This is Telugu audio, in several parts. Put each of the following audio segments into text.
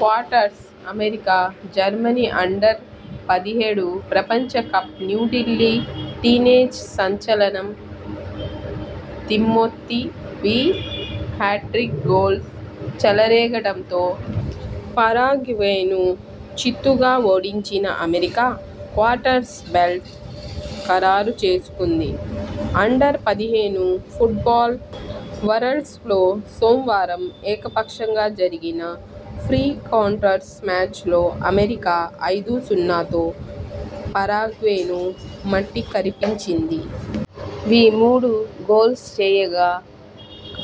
క్వార్టర్స్లో అమెరికా, జర్మనీ అండర్ పదిహేడు ప్రపంచకప్ న్యూఢిల్లీ టీనేజ్ సంచలనం తిమోతి వీ హ్యాట్రిక్ గోల్స్తో చెలరేగడంతో పరాగ్వేను చిత్తుగా ఓడించిన అమెరికా క్వార్టర్స్ బెర్త్ ఖరారు చేసుకుంది. అండర్-పదిహేడు ఫుట్బాల్ వరల్డ్కప్లో సోమవారం ఏకపక్షంగా జరిగిన ప్రీ క్వార్టర్స్ మ్యాచ్లో అమెరికా ఐదు-సున్నాతో పరాగ్వేను మట్టికరిపించింది. వీ మూడు గోల్స్ చేయగా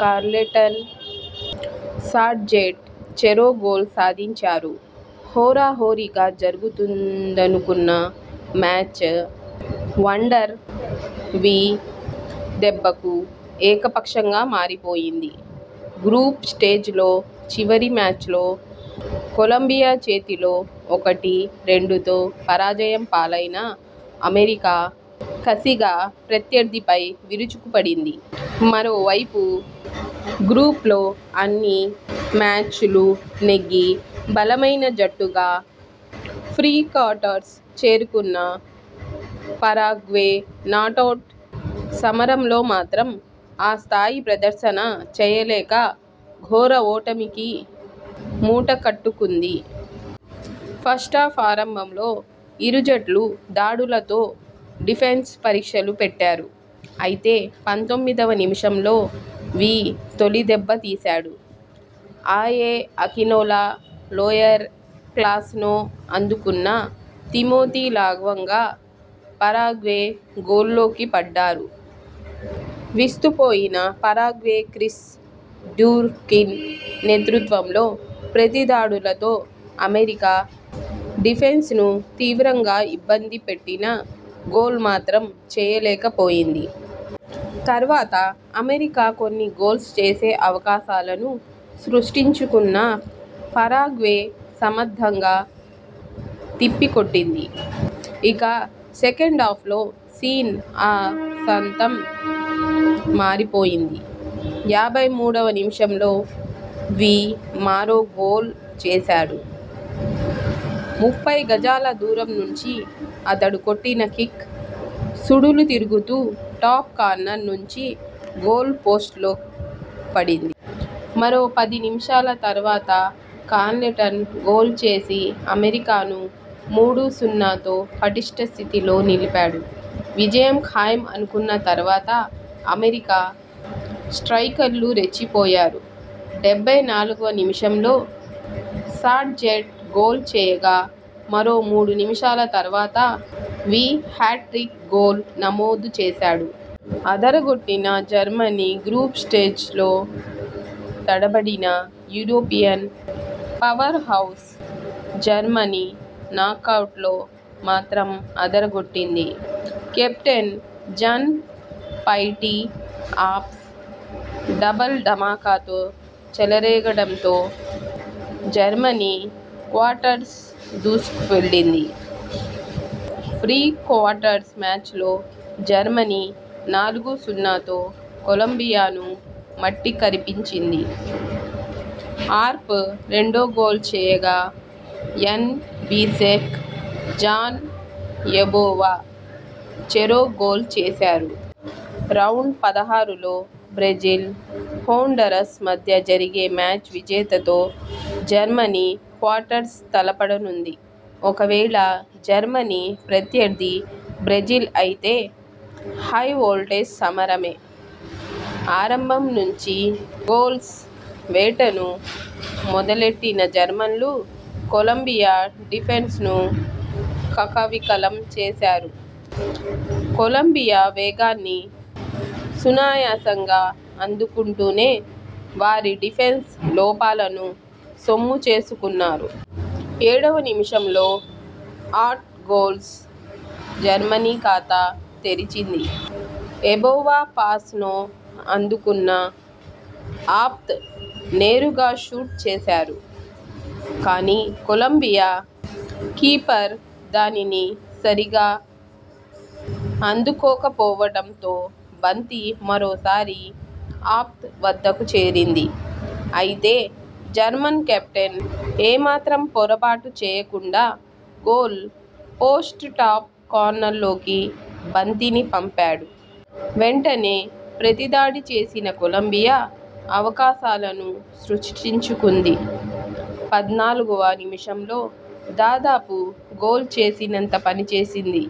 కార్లెటన్, సార్జెంట్ చెరో గోల్ సాధించారు. హోరాహోరీగా జరుగుతుందనుకున్న మ్యాచ్ వండర్ వీ దెబ్బకు ఏకపక్షంగా మారిపోయింది. గ్రూప్ స్టేజ్లో చివరి మ్యాచ్లో కొలంబియా చేతిలో ఒకటి-రెండుతో పరాజయం పాలైన అమెరికా కసిగా ప్రత్యర్థిపై విరుచుకుపడింది. మరోవైపు గ్రూప్లో అన్ని మ్యాచ్లూ నెగ్గి బలమైన జట్టుగా ప్రీ క్వార్టర్స్కు చేరుకున్న పరాగ్వే నాకౌట్ సమరంలో మాత్రం ఆస్థాయి ప్రదర్శన చేయలేక ఘోర ఓటమిని మూటగట్టుకుంది. ఫస్టాఫ్ ఆరంభంలో ఇరు జట్లూ దాడులతో డిఫెన్స్కు పరీక్షలు పెట్టారు. అయితే పంతొమ్మిదివ నిమిషంలో వీ తొలి దెబ్బ తీశాడు. అయో అకినోలా లోయర్ క్రాస్ను అందుకున్న తిమోతి లాఘవంగా పరాగ్వే గోల్లోకి పంపాడు. విస్తుపోయిన పరాగ్వే క్రిస్ డుర్కిన్ నేతృత్వంలో ప్రతి దాడులతో అమెరికా డిఫెన్స్ను తీవ్రంగా ఇబ్బంది పెట్టినా గోల్ మాత్రం చేయలేక పోయింది. తర్వాత అమెరికా కొన్ని గోల్స్ చేసే అవకాశాలను సృష్టించుకున్నా పరాగ్వే సమర్థంగా తిప్పికొట్టింది. ఇక సెకండాఫ్లో సీన్ ఆసాంతం మారిపోయింది. యాభై మూడువ నిమిషంలో వీ మరో గోల్ చేశాడు. ముప్పై గజాల దూరం నుంచి అతడు కొట్టిన కిక్ సుడులు తిరుగుతూ టాప్ కార్నర్ నుంచి గోల్ పోస్టులో పడింది. మరో పది నిమిషాల తర్వాత కార్లెటన్ గోల్ చేసి అమెరికాను మూడు-సున్నాతో పటిష్ట స్థితిలో నిలిపాడు. విజయం ఖాయం అనుకున్న తర్వాత అమెరికా స్ట్రయికర్లు రెచ్చిపోయారు. డెబ్బై నాలుగువ నిమిషంలో సార్జెంట్ గోల్ చేయగా మరో మూడు నిమిషాల తర్వాత వీ హ్యాట్రిక్ గోల్ నమోదు చేశాడు. అదరగొట్టిన జర్మనీ గ్రూప్ స్టేజ్లో తడబడిన యూరోపియన్ పవర్హౌస్ జర్మనీ నాకౌట్లో మాత్రం అదరగొట్టింది. కెప్టెన్ జన్-ఫైటీ అర్ప్ డబుల్ ధమాకాతో చెలరేగడంతో జర్మనీ క్వార్టర్స్కు దూసుకెళ్లింది. ప్రీ క్వార్టర్స్ మ్యాచ్లో జర్మనీ నాలుగు-సున్నాతో కొలంబియాను మట్టికరిపింది. అర్ప్ రెండు గోల్స్ చేయగా యాన్ బిసెక్, జాన్ యబోవా చెరో గోల్ చేశారు. రౌండ్-పదహారులో బ్రెజిల్, హోండరస్ మధ్య జరిగే మ్యాచ్ విజేతతో జర్మనీ క్వార్టర్స్లో తలపడనుంది. ఒకవేళ జర్మనీ ప్రత్యర్థి బ్రెజిల్ అయితే హైవోల్టేజ్ సమరమే! ఆరంభం నుంచే గోల్స్ వేటను మొదలెట్టిన జర్మన్లు కొలంబియా డిఫెన్స్ను కకావికలం చేశారు. కొలంబియా వేగాన్ని సునాయాసంగా అందుకుంటూనే వారి డిఫెన్స్ లోపాలను సొమ్ము చేసుకున్నారు. ఏడువ నిమిషంలోనే అర్ప్ గోల్తో జర్మనీ ఖాతా తెరిచింది. యబోవా పాస్ను అందుకున్న అర్ప్ నేరుగా షూట్ చేశాడు. కానీ కొలంబియా కీపర్ దానిని సరిగా అందుకోకపోవడంతో బంతి మరోసారి అర్ప్ వద్దకు చేరింది. అయితే జర్మన్ కెప్టెన్ ఏమాత్రం పొరబాటు చేయకుండా గోల్ పోస్టు టాప్ కార్నర్లోకి బంతిని పంపాడు. వెంటనే ప్రతి దాడి చేసిన కొలంబియా అవకాశాలను సృష్టించుకుంది పద్నాలుగువ నిమిషంలో దాదాపు గోల్ చేసినంత పని చేసింది.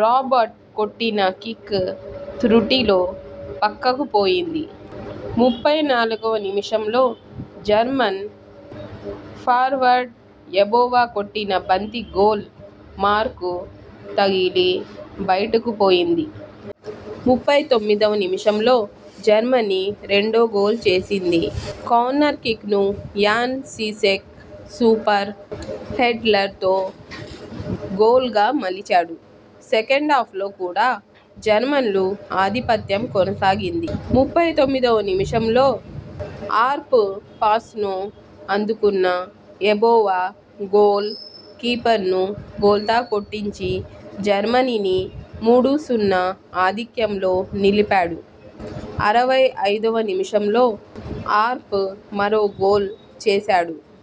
రాబర్ట్ కొట్టిన కిక్ త్రుటిలో పక్కకు పోయింది. ముప్పై నాలుగువ నిమిషంలో జర్మన్ ఫార్వర్డ్ యబోవా కొట్టిన బంతి గోల్ బార్కు తగిలి బయటకు పోయింది. ముప్పై తొమ్మిదివ నిమిషంలో జర్మనీ రెండో గోల్ చేసింది. కార్నర్ కిక్ను యాన్ సిసెక్ సూపర్ హెడ్డర్తో గోల్గా మలిచాడు. సెకండాఫ్లో కూడా జర్మన్ల ఆధిపత్యం కొనసాగింది. ముప్పై తొమ్మిదివ నిమిషంలో అర్ప్ పాస్ను అందుకున్న యబోవా గోల్ కీపర్ను బోల్తా కొట్టించి జర్మనీని మూడు-సున్నా ఆధిక్యంలో నిలిపాడు. అరవై ఐదువ నిమిషంలో అర్ప్ మరో గోల్ చేశాడు.